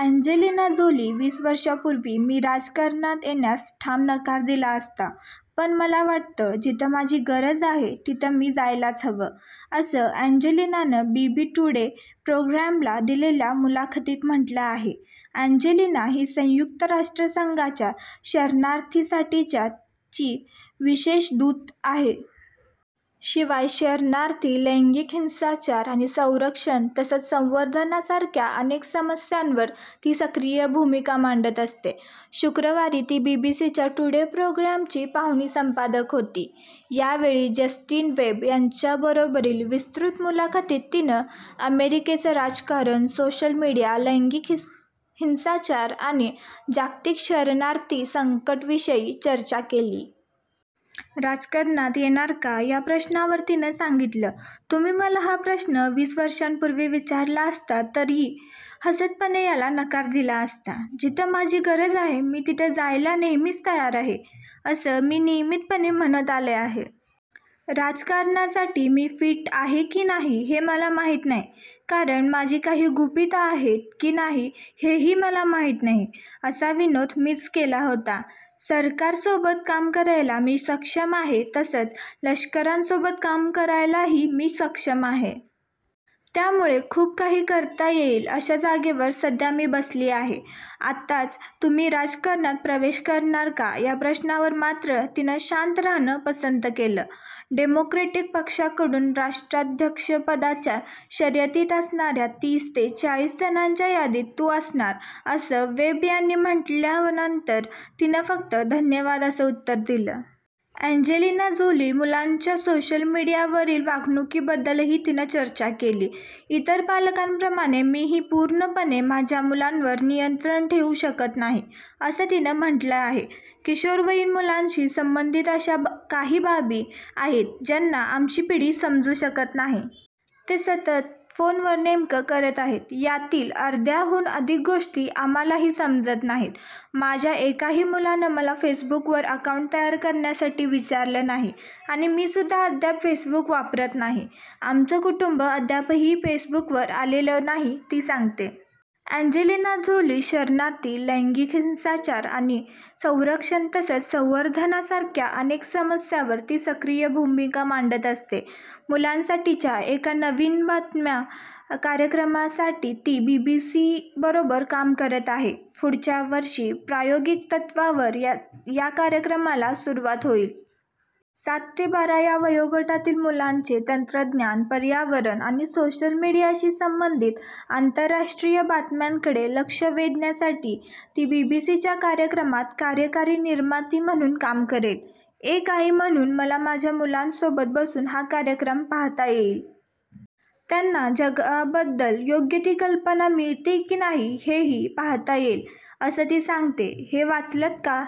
Angelina Jolie वीस वर्षांपूर्वी मी राजकारणात येण्यास ठाम नकार दिला असता, पण मला वाटतं, जिथं माझी गरज आहे तिथं मी जायलाच हवं असं अँजेलिनानं बीबी टूडे प्रोगामला दिलेल्या मुलाखतीत म्हटलं आहे. अँजेलिना ही संयुक्त राष्ट्रसंघाच्या शरणार्थींसाठीच्या ची विशेष दूत आहे. शिवाय, शरणार्थी, लैंगिक हिंसाचार आणि संरक्षण तसंच संवर्धनासारख्या अनेक समस्यांवर ती सक्रिय भूमिका मांडत असते. शुक्रवारी ती बीबीसीच्या टूडे प्रोगामची पाहुणी संपादक होती. यावेळी जस्टिन वेब यांच्याबरोबरील विस्तृत मुलाखतीत तिनं अमेरिकेचं राजकारण, सोशल मीडिया, लैंगिक हिंसाचार आणि जागतिक शरणार्थी संकटांविषयी चर्चा केली. राजकारणात येणार का, या प्रश्नावर तिनं सांगितलं तुम्ही मला हा प्रश्न वीस वर्षांपूर्वी विचारला असता तर ही हसतपणे याला नकार दिला असता. जिथं माझी गरज आहे मी तिथं जायला नेहमीच तयार आहे, असं मी नियमितपणे म्हणत आले आहे. राजकारणासाठी मी फिट आहे की नाही, हे मला माहिती नाही. कारण माझी काही गुपितं आहेत की नाही, हेही मला माहिती नाही, असा विनोद मीच केला होता. सरकारसोबत काम करायला मी सक्षम आहे तसंच लष्करासोबत काम करायलाही मी सक्षम आहे. त्यामुळे खूप काही करता येईल, अशा जागेवर सध्या मी बसली आहे. आताच तुम्ही राजकारणात प्रवेश करणार का, या प्रश्नावर मात्र तिनं शांत राहणं पसंत केलं. डेमोक्रेटिक पक्षाकडून राष्ट्राध्यक्षपदाच्या शर्यतीत असणाऱ्या तीस ते चाळीस जणांच्या यादीत तू असणार, असं वेब यांनी म्हटल्यानंतर तिनं फक्त 'धन्यवाद' असं उत्तर दिलं. अँजेलिना जोली मुलांच्या सोशल मीडियावरील वागणुकीबद्दलही तिनं चर्चा केली. इतर पालकांप्रमाणे मीही पूर्णपणे माझ्या मुलांवर नियंत्रण ठेवू शकत नाही, असं तिनं म्हटलं आहे. किशोरवयीन मुलांशी संबंधित अशा काही बाबी आहेत ज्यांना आमची पिढी समजू शकत नाही. ते सतत फोनवर नेमकं करत आहेत, यातील अर्ध्याहून अधिक गोष्टी आम्हालाही समजत नाही. माझ्या एकाही मुलानं मला फेसबुकवर अकाउंट तयार करण्यासाठी विचारलं नाही आणि मीसुद्धा अद्याप फेसबुक वापरत नाही. आमचं कुटुंब अद्यापही फेसबुकवर आलेलं नाही ती सांगते. अँजेलिना जोली शरणार्थी, लैंगिक हिंसाचार आणि संरक्षण तसंच संवर्धनासारख्या अनेक समस्यांवर ती सक्रिय भूमिका मांडत असते. मुलांसाठीच्या एका नवीन बातम्या कार्यक्रमासाठी ती बीबीसीबरोबर काम करत आहे. पुढच्या वर्षी प्रायोगिक तत्त्वावर या कार्यक्रमाला सुरुवात होईल. सात ते बारा या वयोगटातील मुलांचं तंत्रज्ञान, पर्यावरण आणि सोशल मीडियाशी संबंधित आंतरराष्ट्रीय बातम्यांकडे लक्ष वेधण्यासाठी ती बीबीसीच्या कार्यक्रमात कार्यकारी निर्माती म्हणून काम करेल. एक आई म्हणून मला माझ्या मुलांसोबत बसून हा कार्यक्रम पाहता येईल. त्यांना जगाबद्दल योग्य ती कल्पना मिळतेय की नाही, हेही पाहता येईल असं ती सांगते. हे वाचलंत का?